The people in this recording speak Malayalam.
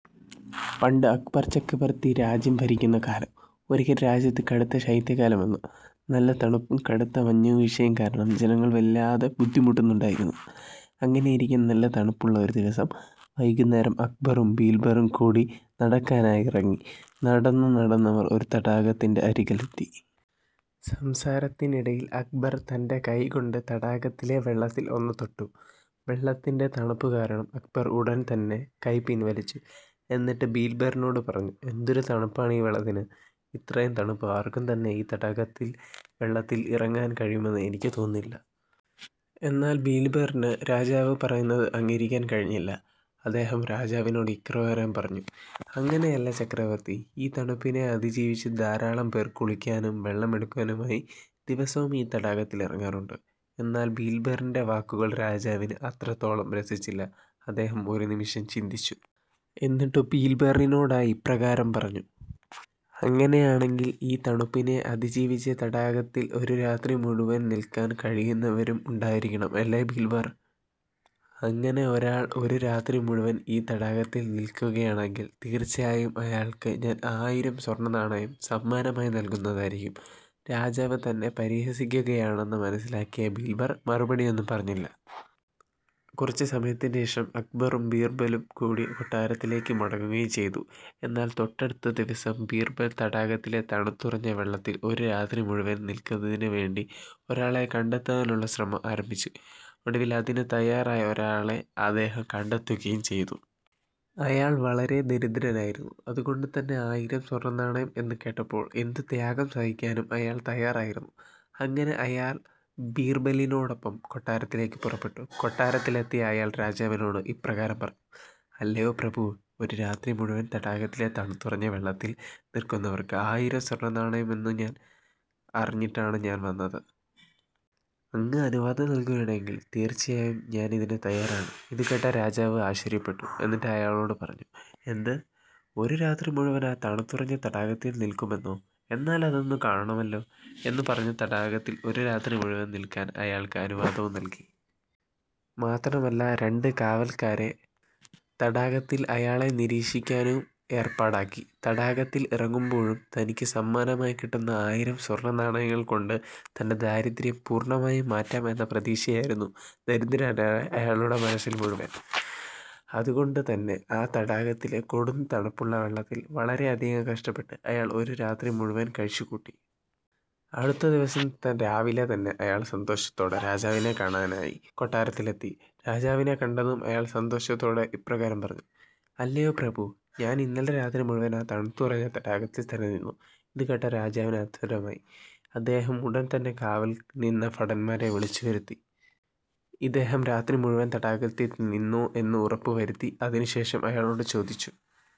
പണ്ട് അക്ബർ ചക്രവർത്തി രാജ്യം ഭരിക്കുന്ന കാലം. ഒരിക്കൽ രാജ്യത്ത് കടുത്ത ശൈത്യകാലം വന്നു. നല്ല തണുപ്പും കടുത്ത മഞ്ഞുവീഴ്ചയും കാരണം ജനങ്ങൾ വല്ലാതെ ബുദ്ധിമുട്ടുന്നുണ്ടായിരുന്നു. അങ്ങനെയിരിക്കെ നല്ല തണുപ്പുള്ള ഒരു ദിവസം വൈകുന്നേരം അക്ബറും ബീർബലും കൂടി നടക്കാനായി ഇറങ്ങി. നടന്നു നടന്നവർ ഒരു തടാകത്തിന്റെ അരികിലെത്തി. സംസാരത്തിനിടയിൽ അക്ബർ തന്റെ കൈ കൊണ്ട് തടാകത്തിലെ വെള്ളത്തിൽ ഒന്നു തൊട്ടു. വെള്ളത്തിന്റെ തണുപ്പു കാരണം അക്ബർ ഉടൻ തന്നെ തന്റെ കൈ പിൻവലിച്ചു. എന്നിട്ട് ബീർബലിനോട് പറഞ്ഞു "എന്തൊരു തണുപ്പാണ് ഈ വെള്ളത്തിന്. ഇത്രയും തണുപ്പത്ത് ആർക്കും തന്നെ ഈ തടാകത്തിലെ വെള്ളത്തിൽ ഇറങ്ങാൻ കഴിയുമെന്നു എനിക്ക് തോന്നുന്നില്ല. " എന്നാൽ ബീർബലിന് രാജാവ് പറഞ്ഞതു അംഗീകരിക്കാൻ കഴിഞ്ഞില്ല. അദ്ദേഹം രാജാവിനോട് ഇപ്രകാരം പറഞ്ഞു "അങ്ങനെയല്ല ചക്രവർത്തി ഈ തണുപ്പിനെ അതിജീവിച്ചും ധാരാളം പേർ കുളിക്കാനും വെള്ളം എടുക്കാനുമായി ദിവസവും ഈ തടാകത്തിൽ ഇറങ്ങാറുണ്ട്. " എന്നാൽ ബീർബലിന്റെ വാക്കുകൾ രാജാവിന് അത്രത്തോളം രസിച്ചില്ല. അദ്ദേഹം ഒരു നിമിഷം ചിന്തിച്ചു. എന്നിട്ടു ബീർബലിനോടായി ഇപ്രകാരം പറഞ്ഞു "അങ്ങനെയാണെങ്കിൽ ഈ തണുപ്പിനെ അതിജീവിച്ച് തടാകത്തിൽ ഒരു രാത്രി മുഴുവൻ നിൽക്കാൻ കഴിയുന്നവരും ഉണ്ടായിരിക്കണം അല്ലേ ബീർബൽ? അങ്ങനെ ഒരാൾ ഒരു രാത്രി മുഴുവൻ ഈ തടാകത്തിൽ നിൽക്കുകയാണെങ്കിൽ തീർച്ചയായും അയാൾക്ക് ഞാൻ ആയിരം സ്വർണനാണയം സമ്മാനമായി നൽകുന്നതായിരിക്കും. " രാജാവ് തന്നെ പരിഹസിക്കുകയാണെന്നു മനസിലാക്കിയ ബീർബൽ മറുപടി ഒന്നും പറഞ്ഞില്ല. കുറച്ചു സമയത്തിന് ശേഷം അക്ബറും ബീർബലും കൂടി കൊട്ടാരത്തിലേക്ക് മടങ്ങുകയും ചെയ്തു. എന്നാൽ തൊട്ടടുത്ത ദിവസം തന്നെ ബീർബൽ തടാകത്തിലെ തണുത്തുറഞ്ഞ വെള്ളത്തിൽ ഒരു രാത്രി മുഴുവൻ നിൽക്കുന്നതിനു വേണ്ടി ഒരാളെ കണ്ടെത്താനുള്ള ശ്രമം ആരംഭിച്ചു. ഒടുവിൽ അതിനു തയ്യാറായ ഒരാളെ അദ്ദേഹം കണ്ടെത്തുകയും ചെയ്തു. അയാൾ വളരെയധികം ദരിദ്രനായിരുന്നു. അതുകൊണ്ടു തന്നെ ആയിരം സ്വർണനാണയം എന്ന് കേട്ടപ്പോൾ എന്തു ത്യാഗം സഹിക്കാനും അയാൾ തയ്യാറായിരുന്നു. അങ്ങനെ അയാൾ ബീർബലിനോടൊപ്പം കൊട്ടാരത്തിലേക്ക് പുറപ്പെട്ടു. കൊട്ടാരത്തിലെത്തിയ അയാൾ രാജാവിനോനോട് ഇപ്രകാരം പറഞ്ഞു. "അല്ലയോ പ്രഭു, ഒരു രാത്രി മുഴുവൻ തടാകത്തിലെ തണുത്തുറഞ്ഞ വെള്ളത്തിൽ നിൽക്കുന്നവർക്ക് ആയിരം സ്വർണനാണയം നൽകും എന്ന് അറിഞ്ഞിട്ടാണ് ഞാൻ വന്നത്. അങ്ങ് അനുവാദം നൽകുകയാണെങ്കിൽ തീർച്ചയായും ഞാൻ അതിന് തയ്യാറാണ്. " ഇതു കേട്ട രാജാവ് ആശ്ചര്യപ്പെട്ടു. എന്നിട്ട് അയാളോട് പറഞ്ഞു "എന്ത് ഒരു രാത്രി മുഴുവൻ ആ തണുത്തുറഞ്ഞ തടാകത്തിൽ നിൽക്കുമെന്നോ? എന്നാൽ അതൊന്നു കാണണമല്ലോ. ." ഇതും പറഞ്ഞു തടാകത്തിൽ ഒരു രാത്രി മുഴുവൻ നിൽക്കാൻ അയാൾക്ക് അനുവാദവും നൽകി. മാത്രമല്ല രണ്ടു കാവൽക്കാരെ തടാകത്തിൽ അയാളെ നിരീക്ഷിക്കാനും ഏർപ്പാടാക്കി. തടാകത്തിൽ ഇറങ്ങുമ്പോഴും തനിക്കു സമ്മാനമായി കിട്ടുന്ന ആയിരം സ്വർണനാണയങ്ങൾ കൊണ്ട് തന്റെ ദാരിദ്യം പൂർണമായും മാറ്റാം എന്ന പ്രതീക്ഷയായിരുന്നു ദരിദ്രനായ അയാളുടെ മനസ്സിൽ മുഴുവൻ. അതുകൊണ്ടു തന്നെ ആ തടാകത്തിലെ കൊടും തണുപ്പുള്ള വെള്ളത്തിൽ വളരെയധികം കഷ്ടപ്പെട്ട് അയാൾ ഒരു രാത്രി മുഴുവൻ കഴിച്ചു കൂട്ടി. അടുത്ത ദിവസം രാവിലെ തന്നെ അയാൾ സന്തോഷത്തോടെ രാജാവിനെ കാണാനായി കൊട്ടാരത്തിലെത്തി. രാജാവിനെ കണ്ടതും അയാൾ സന്തോഷത്തോടെ ഇപ്രകാരം പറഞ്ഞു. "അല്ലയോ പ്രഭു, ഞാൻ ഇന്നലെ രാത്രി മുഴുവൻ ആ തണുത്തുറഞ്ഞ തടാകത്തിൽ തന്നെ നിന്നു. " ഇതു കേട്ട രാജാവിന് അത്ഭുതമായി. അദ്ദേഹം ഉടൻ തന്നെ കാവൽ നിന്ന ഭടന്മാരെ വിളിച്ചു വരുത്തി. ഇദ്ദേഹം രാത്രി മുഴുവൻ തടാകത്തിൽ നിന്നു എന്ന് ഉറപ്പു വരുത്തി. അതിനു ശേഷം അയാളോട് ചോദിച്ചു